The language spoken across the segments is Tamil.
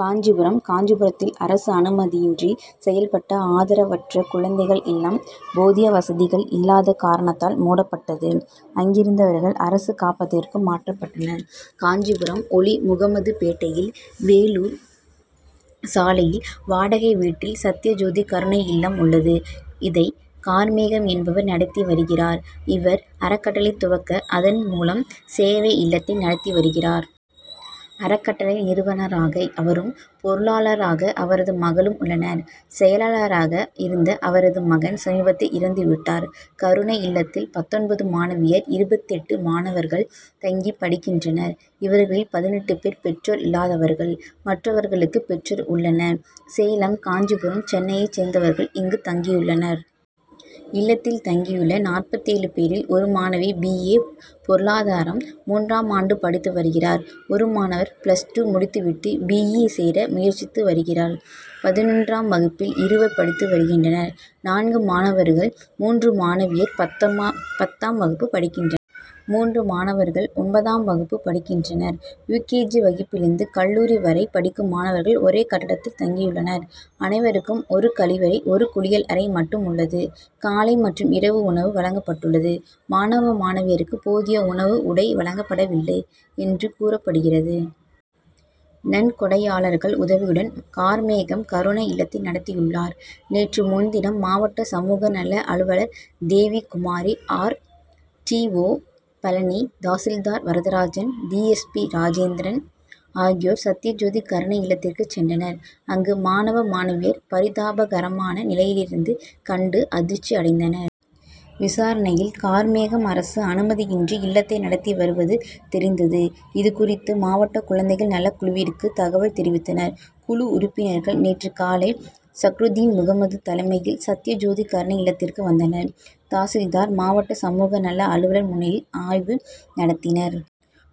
காஞ்சிபுரம் காஞ்சிபுரத்தில் அரசு அனுமதியின்றி செயல்பட்ட ஆதரவற்ற குழந்தைகள் இல்லம், போதிய வசதிகள் இல்லாத காரணத்தால் மூடப்பட்டது. அங்கிருந்தவர்கள், அரசு காப்பகத்திற்கு மாற்றப்பட்டனர். காஞ்சிபுரம் ஒலிமுகமதுபேட்டையில், வேலூர் சாலையில், வாடகை வீட்டில் சத்யஜோதி கருணை இல்லம் உள்ளது. இதை, கார்மேகம் என்பவர் நடத்தி வருகிறார். இவர், அறக்கட்டளை துவக்க அதன் மூலம் சேவை இல்லத்தை நடத்தி வருகிறார். அறக்கட்டளை நிறுவனராக அவரும், பொருளாளராக அவரது மகளும் உள்ளனர். செயலராக இருந்த அவரது மகன், சமீபத்தில் இறந்து விட்டார். கருணை இல்லத்தில் பத்தொன்பது மாணவியர், இருபத்தெட்டு மாணவர்கள் தங்கி படிக்கின்றனர். இவர்களில் பதினெட்டு பேர் பெற்றோர் இல்லாதவர்கள். மற்றவர்களுக்கு பெற்றோர் உள்ளனர். சேலம், காஞ்சிபுரம், சென்னையைச் சேர்ந்தவர்கள் இங்கு தங்கியுள்ளனர். இல்லத்தில் தங்கியுள்ள நாற்பத்தேழு பேரில், ஒரு மாணவி பி. ஏ., பொருளாதாரம் மூன்றாம் ஆண்டு படித்து வருகிறார். ஒரு மாணவர் பிளஸ் டூ முடித்து விட்டு பி. இ., சேர முயற்சித்து வருகிறார். பதினொன்றாம் வகுப்பில் இருவர் படித்து வருகின்றனர். நான்கு மாணவர்கள், மூன்று மாணவியர் பத்தமா பத்தாம் வகுப்பு படிக்கின்றனர். மூன்று மாணவர்கள் ஒன்பதாம் வகுப்பு படிக்கின்றனர். யு. கே. ஜி., வகுப்பிலிருந்து கல்லூரி வரை படிக்கும் மாணவர்கள், ஒரே கட்டடத்தில் தங்கியுள்ளனர். அனைவருக்கும் ஒரு கழிவறை, ஒரு குளியல் அறை மட்டும் உள்ளது. காலை மற்றும் இரவு உணவு வழங்கப்பட்டுள்ளது. மாணவ, மாணவியருக்கு போதிய உணவு, உடை வழங்கப்படவில்லை என்று கூறப்படுகிறது. நன்கொடையாளர்கள் உதவியுடன் கார்மேகம் கருணை இல்லத்தை நடத்தியுள்ளார். நேற்று முன்தினம் மாவட்ட சமூக நல அலுவலர் Devikumari, R. D. O., Palani, tahsildar Varadarajan, D. S. P., Rajendran ஆகியோர், சத்யஜோதி கருணை இல்லத்திற்கு சென்றனர். அங்கு, மாணவ, மாணவியர் பரிதாபகரமான நிலையிலிருப்பதை கண்டு அதிர்ச்சி அடைந்தனர். விசாரணையில், கார்மேகம் அரசு அனுமதியின்றி இல்லத்தை நடத்தி வருவது தெரிந்தது. இது குறித்து, மாவட்ட குழந்தைகள் நலக் குழுவிற்கு தகவல் தெரிவித்தனர். குழு உறுப்பினர்கள் நேற்று காலை சக்ருதீன்முகமது தலைமையில் சத்யஜோதி கருணை இல்லத்திற்கு வந்தனர். தாசில்தார், மாவட்ட சமூக நல அலுவலர் முன்னிலையில் ஆய்வு நடத்தினர்.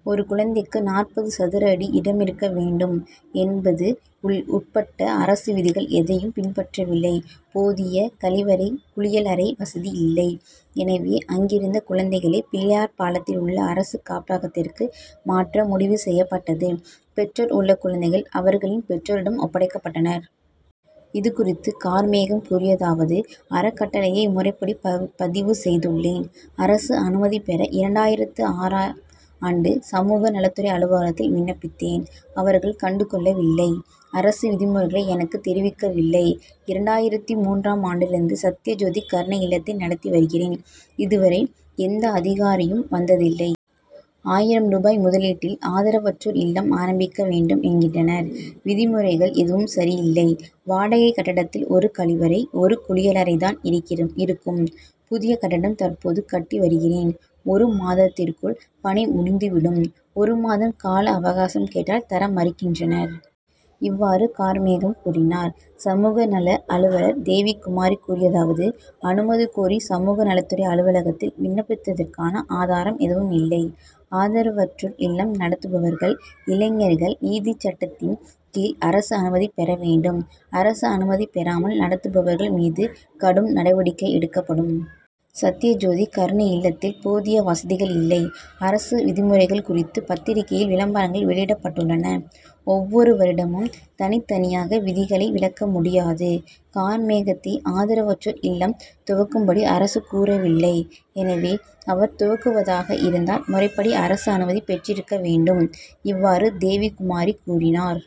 ஒரு குழந்தைக்கு நாற்பது சதுரடி இடமிருக்க வேண்டும் என்பது உள் உட்பட அரசு விதிகள் எதையும் பின்பற்றவில்லை. போதிய கழிவறை, குளியல் அறை வசதி இல்லை. எனவே, அங்கிருந்த குழந்தைகளை பிள்ளையார்பாளையத்தில் உள்ள அரசு காப்பகத்திற்கு மாற்ற முடிவு செய்யப்பட்டது. பெற்றோர் உள்ள குழந்தைகள் அவர்களின் பெற்றோரிடம் ஒப்படைக்கப்பட்டனர். இது குறித்து கார்மேகம் கூறியதாவது:அறக்கட்டளையை முறைப்படி பதிவு செய்துள்ளேன். அரசு அனுமதி பெற இரண்டாயிரத்து ஆறாம் ஆண்டு சமூக நலத்துறை அலுவலகத்தில் விண்ணப்பித்தேன். அவர்கள் கண்டுகொள்ளவில்லை. அரசு விதிமுறைகளை எனக்கு தெரிவிக்கவில்லை. இரண்டாயிரத்து மூன்றாம் ஆண்டிலிருந்து சத்யஜோதி கருணை இல்லத்தை நடத்தி வருகிறேன். இதுவரை எந்த அதிகாரியும் வந்ததில்லை. ஆயிரம் ரூபாய் முதலீட்டில் ஆதரவற்றோர் இல்லம் ஆரம்பிக்க வேண்டும் என்கின்றனர். விதிமுறைகள் எதுவும் சரியில்லை. வாடகை கட்டடத்தில் ஒரு கழிவறை, ஒரு குளியல் அறை தான் இரிக்கிரும் இருக்கும். புதிய கட்டடம் தற்போது கட்டி வருகிறேன். ஒரு மாத்திற்குள் பணி முடிந்துவிடும். ஒரு மாதம் கால அவகாசம் கேட்டால் தர மறுக்கின்றனர். இவ்வாறு கார்மேகம் கூறினார். சமூக நல அலுவலர் தேவிகுமாரி கூறியதாவது:அனுமதி கோரி சமூக நலத்துறை அலுவலகத்தில் விண்ணப்பித்ததற்கான ஆதாரம் எதுவும் இல்லை. ஆதரவற்றோர் இல்லம் நடத்துபவர்கள், இளைஞர்கள் நீதி சட்டத்தின் கீழ் அரசு அனுமதி பெற வேண்டும். அரசு அனுமதி பெறாமல் நடத்துபவர்கள் மீது கடும் நடவடிக்கை எடுக்கப்படும். சத்யஜோதி கருணை இல்லத்தில் போதிய வசதிகள் இல்லை. அரசு விதிமுறைகள் குறித்து பத்திரிகையில் விளம்பரங்கள் வெளியிடப்பட்டுள்ளன. ஒவ்வொருவரிடமும் தனித்தனியாக விதிகளை விளக்க முடியாது. கார்மேகத்தை ஆதரவற்றோர் இல்லம் துவக்கும்படி அரசு கூறவில்லை. எனவே, அவர் துவக்குவதாக இருந்தால் முறைப்படி அரசு அனுமதி பெற்றிருக்க வேண்டும். இவ்வாறு தேவிகுமாரி கூறினார்.